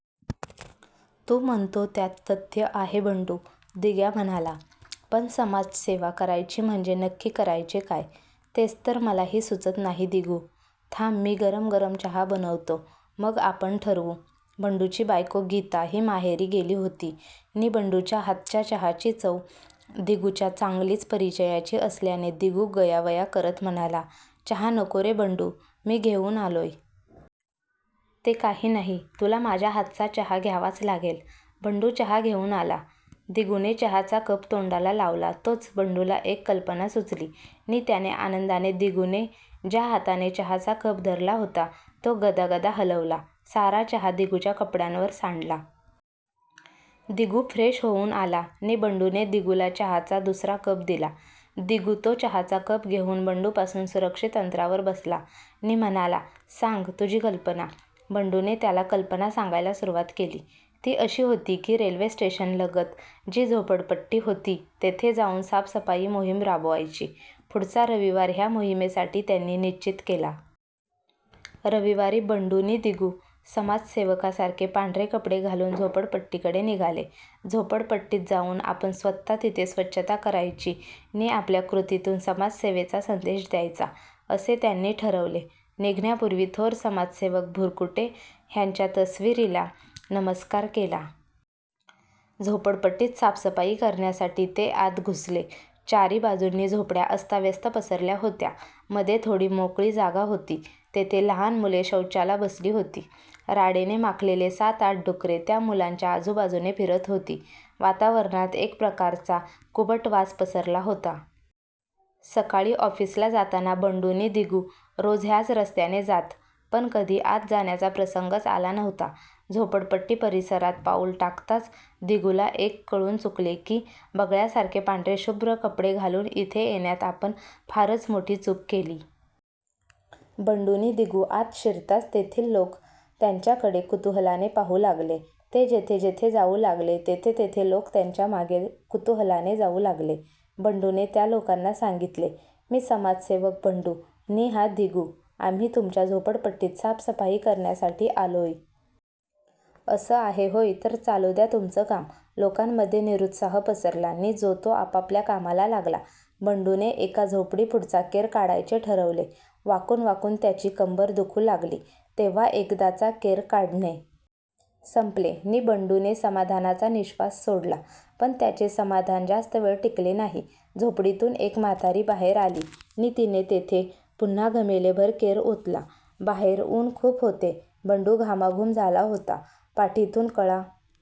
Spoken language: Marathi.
तू म्हणतो त्यात तथ्य आहे बंडू, दिग्या म्हणाला. पण समाजसेवा करायची म्हणजे नक्की करायचे काय? तेच तर मलाही सुचत नाही दिगु, थांब मी गरम गरम चहा बनवतो मग आपण ठरवू. बंडूची बायको गीता ही माहेरी गेली होती नि बंडूच्या हातच्या चहाची चव दिगुच्या चांगलीच परिचयाची असल्याने दिगु गयावया करत म्हणाला, चहा नको रे बंडू, मी घेऊन आलोय. ते काही नाही, तुला माझ्या हातचा चहा घ्यावाच लागेल. बंडू चहा घेऊन आला, दिगुने चहाचा कप तोंडाला लावला तोच बंडूला एक कल्पना सुचली नि त्याने आनंदाने दिगुने ज्या हाताने चहाचा कप धरला होता तो गदागदा हलवला, सारा चहा दिगुच्या कपड्यांवर सांडला. दिगु फ्रेश होऊन आला नि बंडूने दिगुला चहाचा दुसरा कप दिला. दिगु तो चहाचा कप घेऊन बंडूपासून सुरक्षित अंतरावर बसला नि म्हणाला, सांग, तुझी कल्पना. बंडूने त्याला कल्पना सांगायला सुरुवात केली, ती अशी होती कि रेल्वे स्टेशनलगत जी झोपडपट्टी होती तेथे जाऊन साफसफाई मोहीम राबवायची, पुढचा रविवार ह्या मोहिमेसाठी त्यांनी निश्चित केला. रविवारी बंडू नि दिगु समाजसेवकासारखे पांढरे कपडे घालून झोपडपट्टीकडे निघाले. झोपडपट्टीत जाऊन आपण स्वतः तिथे स्वच्छता करायची नि आपल्या कृतीतून समाजसेवेचा संदेश द्यायचा असे त्यांनी ठरवले. निघण्यापूर्वी थोर समाजसेवक भुरकूटे ह्यांच्या तस्वीरीला नमस्कार केला. झोपडपट्टीत साफसफाई करण्यासाठी ते आत घुसले. चारी बाजूंनी झोपड्या अस्ताव्यस्त पसरल्या होत्या, मध्ये थोडी मोकळी जागा होती तेथे लहान मुले शौचाला बसली होती. राडेने माखलेली सात-आठ डुकरे त्या मुलांच्या आजूबाजूने फिरत होती. वातावरणात एक प्रकारचा कुबट वास पसरला होता. सकाळी ऑफिसला जाताना बंडू नि दिगु रोज ह्याच रस्त्याने जात पण कधी आत जाण्याचा प्रसंगच आला नव्हता. झोपडपट्टी परिसरात पाऊल टाकताच दिगुला एक कळून चुकले कि बगळ्यासारखे पांढरे शुभ्र कपडे घालून इथे येण्यात आपण फारच मोठी चूक केली. बंडू नि दिगु आत शिरताच तेथील लोक त्यांच्याकडे कुतूहलाने पाहू लागले. ते जेथे जेथे जाऊ लागले तेथे तेथे लोक त्यांच्या मागे कुतूहलाने जाऊ लागले. बंडूने त्या लोकांना सांगितले, मी समाजसेवक बंडू नि हा दिगु, आम्ही तुमच्या झोपडपट्टीत साफसफाई करण्यासाठी आलोय. अस, आहे होय तर चालू द्या तुमचं काम, लोकांमध्ये निरुत्साह पसरला नि जो तो आपापल्या कामाला लागला. बंडूने एका झोपडीपुढचा केर काढायचे ठरवले, वाकून वाकून त्याची कंबर दुखू लागली, तेव्हा एकदाचा केर काढणे संपले नि बंडूने समाधानाचा निश्वास सोडला, पण त्याचे समाधान जास्त वेळ टिकले नाही, झोपडीतून एक म्हातारी बाहेर आली नि तिने तेथे पुन्हा घमेलेभर केर ओतला, बाहेर ऊन खूप होते, बंडू घामाघूम झाला होता, पाठीतून कळा